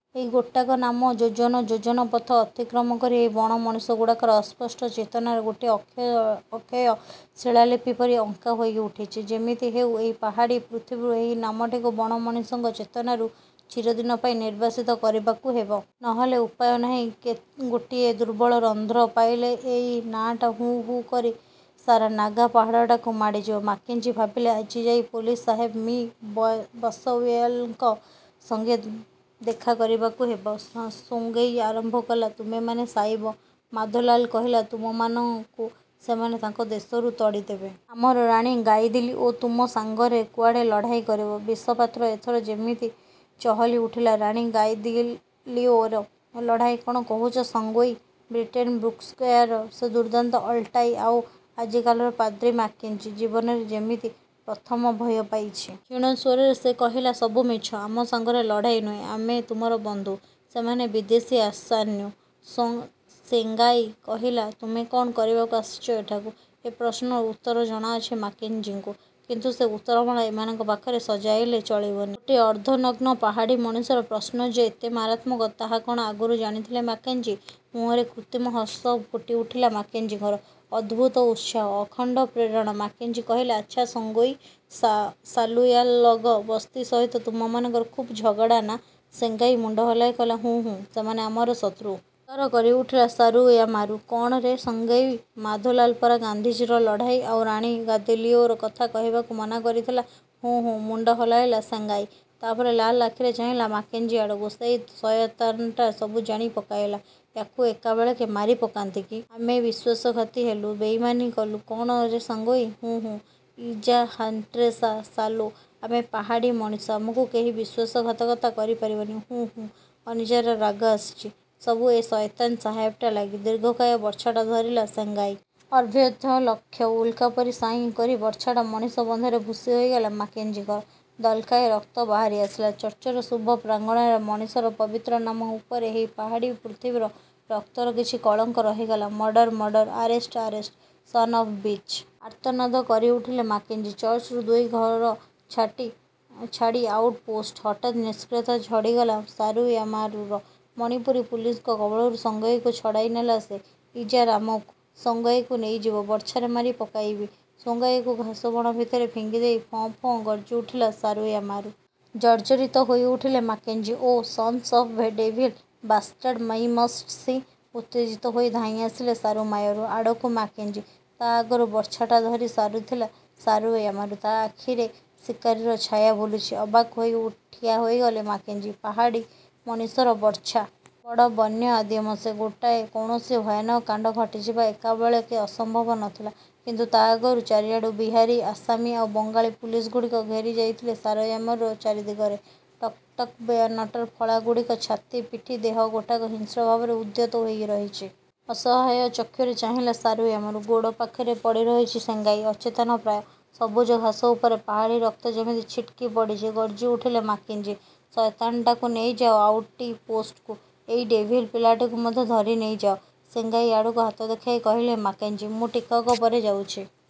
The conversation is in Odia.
ଏହି ଗୋଟାକ ନାମ ଯୋଜନ ଯୋଜନ ପଥ ଅତିକ୍ରମ କରି ଏହି ବଣ ମଣିଷଗୁଡ଼ାକର ଅସ୍ପଷ୍ଟ ଚେତନାରେ ଗୋଟିଏ ଅକ୍ଷୟ ଶିଳାଲିପି ପରି ଅଙ୍କା ହୋଇଉଠିଚି। ଯେମିତି ହେଉ ଏହି ପାହାଡ଼ୀ ପୃଥିବୀରୁ ଏହି ନାମଟିକୁ ବଣମଣିଷଙ୍କ ଚେତନାରୁ ଚିରଦିନ ପାଇଁ ନିର୍ବାସିତ କରିବାକୁ ହେବ। ନହେଲେ ଉପାୟ ନାହିଁ। ଗୋଟିଏ ଦୁର୍ବଳ ରନ୍ଧ୍ର ପାଇଲେ ଏଇ ନାଁଟା ହୁ ହୁ ହୋଇ ସାରା ନାଗା ପାହାଡ଼ଟାକୁ ମାଡ଼ିଯିବ। ମାକେଞ୍ଜି ଭାବିଲେ, ଆଜି ଯାଇ ପୋଲିସ ସାହେବ ମିଃ ବସଉୟେଲଙ୍କ ସଂଗେ ଦେଖା କରିବାକୁ ହେବ। ସେଂଗାଇ ଆରମ୍ଭ କଲା–ତୁମ୍ଭେମାନେ ସାଇବ। ମଧୋଲାଲ କହିଲା, ତୁମମାନଙ୍କୁ ସେମାନେ ତାଙ୍କ ଦେଶରୁ ତଡ଼ିଦେବେ। ଆମର ରାଣୀ ଗାଇଦିଲି ଓ ତୁମ ସାଂଗରେ କୁଆଡ଼େ ଲଢ଼ାଇ କରିବ। ବିଷପାତ୍ର ଏଥର ଯେମିତି ଚହଲି ଉଠିଲା। ରାଣୀ ଗାଇଦିଲିଓର ଲଢ଼ାଇ କଣ କହୁଚ ସେଂଗାଇ। ବ୍ରିଟେନ୍ ବ୍ରୁକ୍ସାୟାରର ସେ ଦୁର୍ଦ୍ଦାନ୍ତ ଅଲ୍ଟାଇ ଆଉ ଆଜିକାଲିର ପାଦ୍ରୀ ମାକେଞ୍ଜି। ଜୀବନରେ ଯେମିତି ପ୍ରଥମ ଭୟ ପାଇଛି। କ୍ଷୀଣ ସ୍ୱରରେ ସେ କହିଲେ–ସବୁ ମିଛ। ଆମ ସାଂଗରେ ଲଢ଼ାଇ ନୁହେଁ। ଆମେ ତୁମର ବନ୍ଧୁ। ସେମାନେ ବିଦେଶୀ ଅସାନ୍ୟୁ। ସେଗାଂଇ କହିଲା–ତୁମେ କଣ କରିବାକୁ ଆସିଚ ଏଠାକୁ? ଏ ପ୍ରଶ୍ନର ଉତ୍ତର ଜଣାଅଛି ମାକେଞ୍ଜିଙ୍କୁ, କିନ୍ତୁ ସେ ଉତ୍ତରମାଳା ଏମାନଙ୍କ ପାଖରେ ସଜାଇଲେ ଚଳିବନି। ଗୋଟିଏ ଅର୍ଦ୍ଧନଗ୍ନ ପାହାଡ଼ୀ ମଣିଷର ପ୍ରଶ୍ନ ଯେ ଏତେ ମାରାତ୍ମକ, ତା କ'ଣ ଆଗରୁ ଜାଣିଥିଲେ ମାକେଞ୍ଜି? ମୁହଁରେ କୃତ୍ରିମ ହସ ଫୁଟିଉଠିଲା ମାକେଂଜିଙ୍କର। ଅଦ୍ଭୁତ ଉତ୍ସାହ। ଅଖଣ୍ଡ ପ୍ରେରଣା। ମାକେଂଜି କହିଲେ–ଆଚ୍ଛା ସେଂଗାଇ, ସାଲୁୟାଲଗ ବସ୍ତି ସହିତ ତୁମମାନଙ୍କର ଖୁବ୍ ଝଗଡ଼ା ନା-? ସେଙ୍ଗାଇ ମୁଣ୍ଡ ହଲାଇ କହିଲା–ହୁଁ ହୁଁ, ସେମାନେ ଆମର ଶତ୍ରୁ। ଚିତ୍କାର କରିଉଠିଲା ସାରୁୟାମାରୁ–କଣ ରେ ସେଂଗାଇ। ମଧୋଲାଲ ପରା ଗାନ୍ଧିଜୀର ଲଢ଼ାଇ ଆଉ ରାଣୀ ଗାଇଦିଲିଓର କଥା କହିବାକୁ ମନା କରିଥିଲା? –ହୁଁ ହୁଁ। ମୁଣ୍ଡ ହଲାଇଲା ସେଂଗାଇ। ତାପରେ ଲାଲ ଆଖିରେ ଚାହିଁଲା ମାକେଞ୍ଜି ଆଡ଼ଂକୁ। ସେଇ ସୟତାନଟା ସବୁ ଜାଣି ପକାଇଲା। ୟାକୁ ଏକାବେଳକେ ମାରିପକାନ୍ତି କି। ଆମେ ବିଶ୍ୱାସଘାତୀ ହେଲୁ। ବେଇମାନୀ କଲୁ। କଣ ରେ ସେଂଗାଇ? ହୁଁ ହୁଁ। ଇଜାହ୍ରାଣ୍ଟୋସା ସାଲୋ। ଆମେ ପାହାଡ଼ୀ ମଣିଷ। ଆମକୁ କେହି ବିଶ୍ୱାସଘାତକତା କରିପାରିବନି। ହୁଁ ହୁଁ, ଅନିଜାର ରାଗ ଆସିଛି। ସବୁ ଏ ସୟତାନ ସାହେବଟା ଲାଗି। ଦୀର୍ଘକାୟ ବର୍ଚ୍ଛାଟା ଧରିଲା ସେଂଗାଇ। ଅବ୍ୟର୍ଥ ଲକ୍ଷ୍ୟ। ଉଲ୍କା ପରି ସାଇଁ କରି ବର୍ଚ୍ଛାଟା ମଣିବନ୍ଧରେ ଭୁଷି ହୋଇଗଲା ମାକେଞ୍ଜିଙ୍କର। ଦଲକାଏ ରକ୍ତ ବାହାରିଆସିଲା। ଚର୍ଚ୍ଚର ଶୁଭ ପ୍ରାଂଗଣରେ ମଣିଷର ପବିତ୍ର ନାମ ଉପରେ ଏହି ପାହାଡ଼ୀ ପୃଥିବୀର ରକ୍ତର କିଛି କଳଙ୍କ ରହିଗଲା-। Murder! Murder!! Arrest. Arrest! Son of bitch. ଆର୍ତ୍ତନାଦ କରିଉଠିଲେ ମାକେଞ୍ଜି। ଚର୍ଚ୍ଚରୁ ଦୁଇ ଘର ଛାଡ଼ି ଆଉଟ ପୋଷ୍ଟ। ହଠାତ୍ ନିଷ୍କ୍ରିୟତା ଝଡ଼ିଗଲା ସାରୁୟାମାରୁର। ମଣିପୁରୀ ପୁଲିସଙ୍କ କବଳରୁ ସେଂଗାଇବୁ ଛଡ଼ାଇନେଲା ସେ। ଇଜା ରାମଖୋ। ସେଂଗାଇକୁ ନେଇଯିବ? ବର୍ଚ୍ଛାରେ ମାରି ପକାଇବି। ସେଙ୍ଗାଇକୁ ଘାସ ବଣ ଭିତରେ ଫିଙ୍ଗିଦେଇ ଫଁ ଫଁ ଗର୍ଜିଉଠିଲା ସାରୁୟାମାରୁ। ଜର୍ଜ୍ଜରିତ ହୋଇଉଠିଲେ Mackenzie. Oh, sons of devil. Bastard. My must see. ଉତ୍ତେଜିତ ହୋଇ ଧାଇଁଆସିଲେ ସାରୁମାୟାରୁ ଆଡ଼କୁ ମାକେଂଜି। ତା ଆଗରୁ ବର୍ଚ୍ଛାଟା ଧରି ସାରିଥିଲା ସାରୁୟାମାରୁ। ତା ଆଖିରେ ଶିକାରୀର ଛାୟା ବୁଲୁଛି। ଅବାକ୍ ହୋଇ ଠିଆହୋଇଗଲେ ମାକେଂଜି। ପାହାଡ଼ୀ ମଣିଷର ବର୍ଚ୍ଛା। ବଡ଼ ବନ୍ୟ ଆଦିମ ସେ। ଗୋଟାଏ କୌଣସି ଭୟାନକ କାଣ୍ଡ ଘଟିଯିବା ଏକାବେଳକେ ଅସମ୍ଭବ ନ ଥିଲା। କିନ୍ତୁ ତା ଆଗରୁ ଚାରିଆଡ଼ୁ ବିହାରୀ, ଆସାମୀ ଆଉ ବଙ୍ଗାଳୀ ପୁଲିସଗୁଡ଼ାକ ଘେରି ଯାଇଥିଲେ ସାରୁୟାମରୁର ଚାରିଦିଗରେ। ଟକ ଟକ ବେୟନେଟର ଫଳା ଗୁଡ଼ିକ ଛାତି, ପିଠି, ଦେହ ଗୋଟାକ ହିଂସ୍ର ଭାବରେ ଉଦ୍ୟତ ହୋଇରହିଛି। ଅସହାୟ ଚକ୍ଷୁରେ ଚାହିଁଲା ସାରୁୟାମାରୁ–ଗୋଡ଼ ପାଖରେ ପଡ଼ିରହିଛି ସେଙ୍ଗାଇ। ଅଚେତନ ପ୍ରାୟ। ସବୁଜ ଘାସ ଉପରେ ପାହାଡ଼ୀ ରକ୍ତ ଯେମିତି ଛିଟ୍କି ପଡ଼ଛି। ଗର୍ଜି ଉଠିଲେ ମାକେଂଜି। ସୟତାନଟାକୁ ନେଇଯାଅ ଆଉଟିପୋଷ୍ଟକୁ। ଏଇ ଡ଼େଭିଲ ପିଲାଟାକୁ ମଧ୍ୟ ଧରିନେଇ ଯାଅ। ସେଙ୍ଗାଇ ଆଡ଼କୁ ହାତ ଦେଖାଇ କହିଲେ ମାକେଂଜି–ମୁଁ ଟିକକ ପରେ ଯାଉଛି।